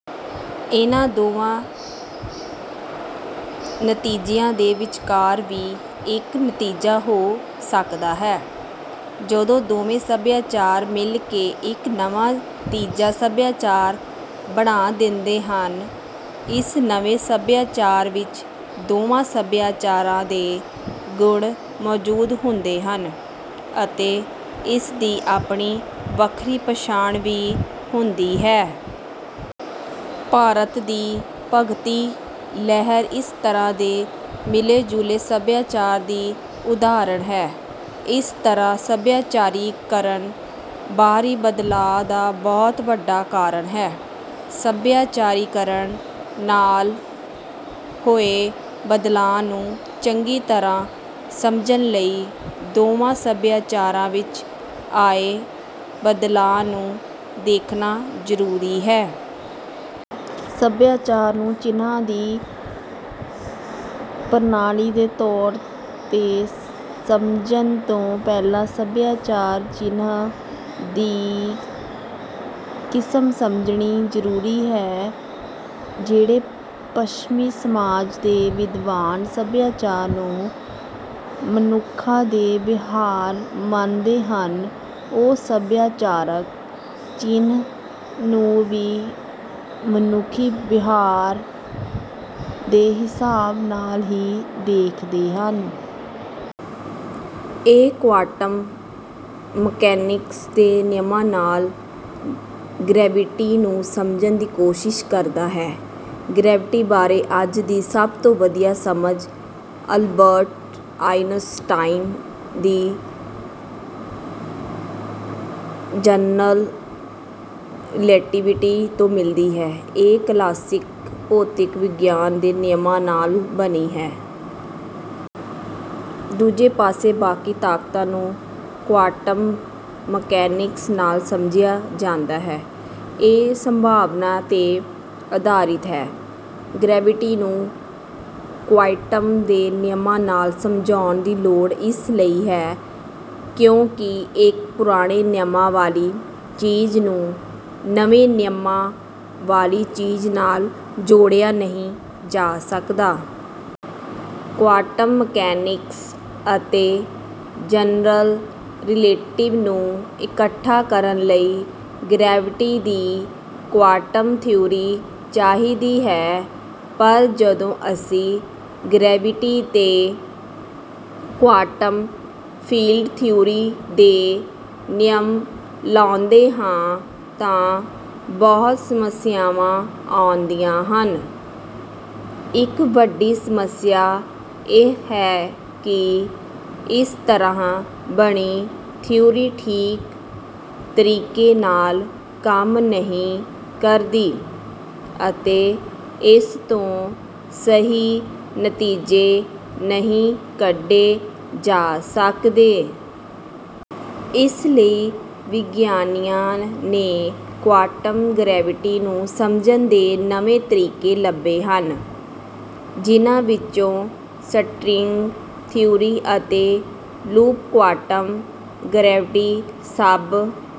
ਇਨ੍ਹਾਂ ਦੋਵਾਂ ਨਤੀਜਿਆਂ ਦੇ ਵਿਚਕਾਰ ਵੀ ਇੱਕ ਨਤੀਜਾ ਹੋ ਸਕਦਾ ਹੈ। ਜਦੋਂ ਦੋਵੇਂ ਸਭਿਆਚਾਰ ਮਿਲ ਕੇ ਇੱਕ ਨਵਾਂ ਤੀਜਾ ਸਭਿਆਚਾਰ ਬਣਾ ਦਿੰਦੇ ਹਨ। ਇਸ ਨਵੇਂ ਸਭਿਆਚਾਰ ਵਿੱਚ ਦੋਵਾਂ ਸਭਿਆਚਾਰਾਂ ਦੇ ਗੁਣ ਮੌਜੂਦ ਹੁੰਦੇ ਹਨ ਅਤੇ ਇਸਦੀ ਆਪਣੀ ਵੱਖਰੀ ਪਛਾਣ ਵੀ ਹੁੰਦੀ ਹੈ। ਭਾਰਤ ਦੀ ਭਗਤੀ ਲਹਿਰ ਇਸ ਤਰ੍ਹਾਂ ਦੇ ਮਿਲੇ ਜੁਲੇ ਸਭਿਆਚਾਰ ਦੀ ਉਦਾਹਰਨ ਹੈ। ਇਸ ਤਰ੍ਹਾਂ ਸੱਭਿਆਚਾਰੀਕਰਨ ਬਾਹਰੀ ਬਦਲਾਅ ਦਾ ਬਹੁਤ ਵੱਡਾ ਕਾਰਨ ਹੈ। ਸੱਭਿਆਚਾਰੀਕਰਨ ਨਾਲ ਹੋਏ ਬਦਲਾਅ ਨੂੰ ਚੰਗੀ ਤਰ੍ਹਾਂ ਸਮਝਣ ਲਈ ਦੋਵਾਂ ਸਭਿਆਚਾਰਾਂ ਵਿੱਚ ਆਏ ਬਦਲਾਅ ਨੂੰ ਦੇਖਣਾ ਜ਼ਰੂਰੀ ਹੈ। ਸਭਿਆਚਾਰ ਨੂੰ ਚਿੰਨ੍ਹਾਂ ਦੀ ਪ੍ਰਣਾਲੀ ਦੇ ਤੌਰ ਤੇ ਸਮਝਣ ਤੋਂ ਪਹਿਲਾਂ ਸਭਿਆਚਾਰਕ ਚਿੰਨ੍ਹ ਦੀ ਕਿਸਮ ਸਮਝਣੀ ਜ਼ਰੂਰੀ ਹੈ। ਜਿਹੜੇ ਪੱਛਮੀ ਸਮਾਜ ਦੇ ਵਿਦਵਾਨ ਸਭਿਆਚਾਰ ਨੂੰ ਮਨੁੱਖਾਂ ਦੇ ਵਿਹਾਰ ਮੰਨਦੇ ਹਨ ਉਹ ਸਭਿਆਚਾਰਕ ਚਿੰਨ੍ਹ ਨੂੰ ਵੀ ਮਨੁੱਖੀ ਵਿਹਾਰ ਦੇ ਹਿਸਾਬ ਨਾਲ ਹੀ ਦੇਖਦੇ ਹਨ। ਇਹ ਕੁਆਂਟਮ ਮਕੈਨਿਕਸ ਦੇ ਨਿਯਮਾਂ ਨਾਲ ਗਰੈਵਿਟੀ ਨੂੰ ਸਮਝਣ ਦੀ ਕੋਸ਼ਿਸ਼ ਕਰਦਾ ਹੈ। ਗਰੈਵਿਟੀ ਬਾਰੇ ਅੱਜ ਦੀ ਸਭ ਤੋਂ ਵਧੀਆ ਸਮਝ ਅਲਬਰਟ ਆਈਨਸਟਾਈਨ ਦੀ ਜਨਰਲ ਰਿਲੇਟੀਵਿਟੀ ਤੋਂ ਮਿਲਦੀ ਹੈ। ਇਹ ਕਲਾਸੀਕਲ ਭੌਤਿਕ ਵਿਗਿਆਨ ਦੇ ਨਿਯਮਾਂ ਨਾਲ ਬਣੀ ਹੈ। ਦੂਜੇ ਪਾਸੇ ਬਾਕੀ ਤਾਕਤਾਂ ਨੂੰ ਕੁਆਂਟਮ ਮਕੈਨਿਕਸ ਨਾਲ ਸਮਝਾਇਆ ਜਾਂਦਾ ਹੈ। ਇਹ ਸੰਭਾਵਨਾ ਤੇ ਆਧਾਰਿਤ ਹੈ। ਗਰੈਵਿਟੀ ਨੂੰ ਕੁਆਂਟਮ ਦੇ ਨਿਯਮਾਂ ਨਾਲ ਸਮਝਾਉਣ ਦੀ ਲੋੜ ਇਸ ਲਈ ਹੈ ਕਿਉਂਕਿ ਇੱਕ ਪੁਰਾਣੇ ਨਿਯਮਾਂ ਵਾਲੀ ਚੀਜ਼ ਨੂੰ ਨਵੇਂ ਨਿਯਮਾਂ ਵਾਲੀ ਚੀਜ਼ ਨਾਲ ਜੋੜਿਆ ਨਹੀਂ ਜਾ ਸਕਦਾ। ਕੁਆਂਟਮ ਮਕੈਨਿਕਸ ਅਤੇ ਜਨਰਲ ਰਿਲੇਟੀਵਿਟੀ ਨੂੰ ਇਕੱਠਾ ਕਰਨ ਲਈ ਗਰੈਵਿਟੀ ਦੀ ਕੁਆਂਟਮ ਥਿਊਰੀ ਚਾਹੀਦੀ ਹੈ। ਪਰ ਜਦੋਂ ਅਸੀਂ ਗਰੈਵਿਟੀ ਤੇ ਕੁਆਂਟਮ ਫੀਲਡ ਥਿਊਰੀ ਦੇ ਨਿਯਮ ਲਾਉਂਦੇ ਹਾਂ ਤਾਂ ਬਹੁਤ ਸਮੱਸਿਆਵਾਂ ਆਉਂਦੀਆਂ ਹਨ। ਇੱਕ ਵੱਡੀ ਸਮੱਸਿਆ ਇਹ ਹੈ ਕਿ ਇਸ ਤਰ੍ਹਾਂ ਬਣੀ ਥਿਊਰੀ ਠੀਕ ਤਰੀਕੇ ਨਾਲ ਕੰਮ ਨਹੀਂ ਕਰਦੀ ਅਤੇ ਇਸ ਤੋਂ ਸਹੀ ਨਤੀਜੇ ਨਹੀਂ ਕੱਢੇ ਜਾ ਸਕਦੇ। ਇਸ ਲਈ ਵਿਗਿਆਨੀਆਂ ਨੇ ਕੁਆਂਟਮ ਗਰੈਵਿਟੀ ਨੂੰ ਸਮਝਣ ਦੇ ਨਵੇਂ ਤਰੀਕੇ ਲੱਭੇ ਹਨ। ਜਿਨ੍ਹਾਂ ਵਿੱਚੋਂ ਸਟਰਿੰਗ ਥਿਊਰੀ ਅਤੇ ਲੂਪ ਕੁਆਂਟਮ ਗਰੈਵਿਟੀ ਸਭ